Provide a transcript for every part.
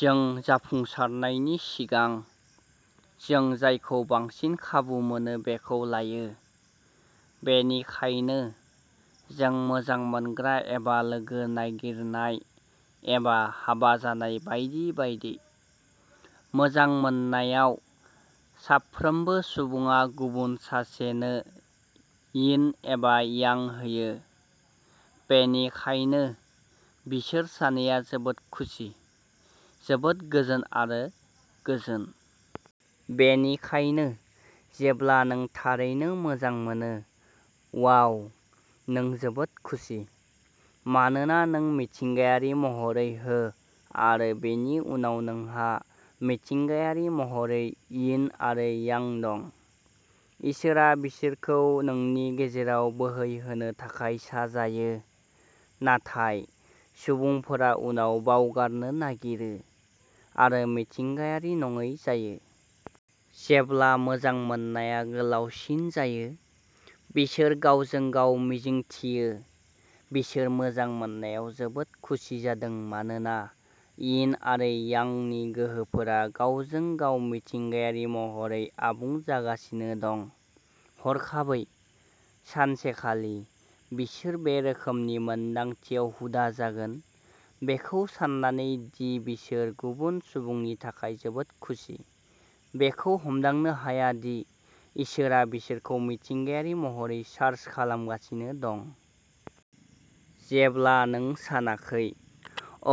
जों जाफुंसारनायनि सिगां, जों जायखौ बांसिन खाबु मोनो बेखौ लायो। बेनिखायनो, जों मोजां मोनग्रा एबा लोगो नागिरनाय, एबा हाबा जानाय बायदि बायदि। मोजां मोननायाव, साफ्रोमबो सुबुङा गुबुन सासेनो यिन एबा यां होयो। बेनिखायनो, बिसोर सानैया जोबोद खुसि, जोबोद गोजोन आरो गोजोन। बेनिखायनो, जेब्ला नों थारैनो मोजां मोनो, वाव! नों जोबोद खुसि, मानोना नों मिथिंगायारि महरै हो, आरो बेनि उनाव नोंहा मिथिंगायारि महरै यिन आरो यांग दं। इसोरआ बिसोरखौ नोंनि गेजेराव बोहैहोनो थाखाय साजायो। नाथाय, सुबुंफोरा उनाव बावगारनो नागिरो, आरो मिथिंगायारि नङै जायो। जेब्ला मोजां मोननाया गोलावसिन जायो, बिसोर गावजों गाव मिजिंथियो! बिसोर मोजां मोननायाव जोबोद खुसि जादों मानोना यिन आरो यांगनि गोहोफोरा गावजों गाव मिथिंगायारि महरै आबुं जागासिनो दं। हरखाबै, सानसेखालि, बिसोर बे रोखोमनि मोनदांथियाव हुदा जागोन, बेखौ सान्नानै दि बिसोर गुबुन सुबुंनि थाखाय जोबोद खुसि, बेखौ हमदांनो हाया दि इसोरआ बिसोरखौ मिथिंगायारि महरै चार्ज खालामगासिनो दं। जेब्ला नों सानाखै,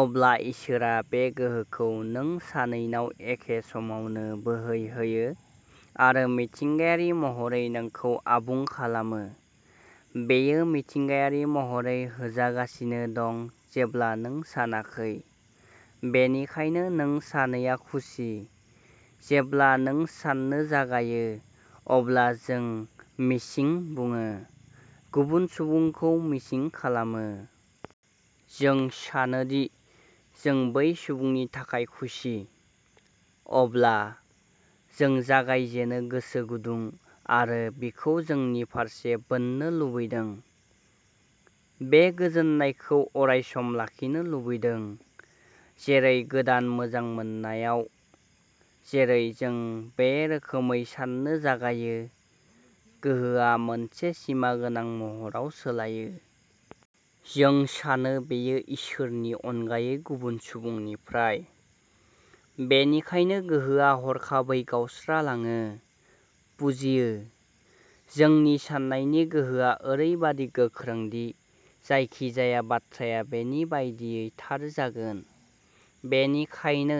अब्ला इसोरआ बे गोहोखौ नों सानैनाव एखे समावनो बोहैहोयो आरो मिथिंगायारि महरै नोंखौ आबुं खालामो। बेयो मिथिंगायारि महरै होजागासिनो दं जेब्ला नों सानाखै। बेनिखायनो नों सानैया खुसि। जेब्ला नों सान्नो जागायो, अब्ला जों "मिसिं" बुङो, गुबुन सुबुंखौ मिसिं खालामो। जों सानो दि जों बै सुबुंनि थाखाय खुसि। अब्ला, जों जागायजेनो गोसो गुदुं, आरो बिखौ जोंनि फारसे बोननो लुबैदों, बे गोजोननायखौ अरायसम लाखिनो लुबैदों, जेरै गोदान मोजां मोननायाव। जेरै जों बे रोखोमै साननो जागायो, गोहोआ मोनसे सिमा गोनां महराव सोलायो। जों सानो बेयो इसोरनि अनगायै गुबुन सुबुंनिफ्राय। बेनिखायनो गोहोआ हरखाबै गावस्रालाङो, बुजियो? जोंनि साननायनि गोहोआ ओरैबादि गोख्रों दि जायखिजाया बाथ्राया बेनि बायदियै थार जागोन। बेनिखायनो,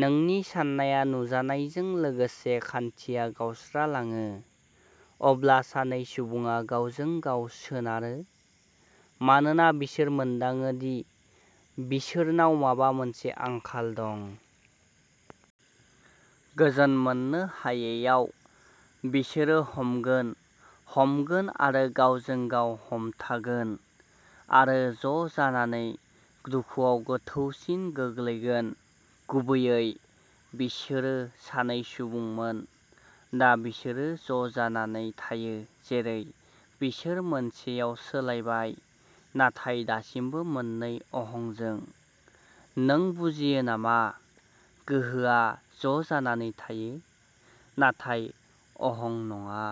नोंनि साननाया नुजानायजों लोगोसे, खान्थिया गावस्रालाङो। अब्ला सानै सुबुङा गावजों गाव सोनारो, मानोना बिसोर मोनदाङो दि बिसोरनाव माबा मोनसे आंखाल दं! गोजोन मोननो हायैयाव, बिसोरो हमगोन, हमगोन आरो गावजों गाव हमथागोन, आरो ज'जानानै दुखुआव गोथौसिन गोग्लैगोन। गुबैयै, बिसोरो सानै सुबुंमोन, दा बिसोरो ज'जानानै थायो जेरै बिसोर मोनसेयाव सोलायबाय, नाथाय दासिमबो मोननै अहंजों। नों बुजियो नामा? गोहोआ ज'जानानै थायो, नाथाय अहं नङा!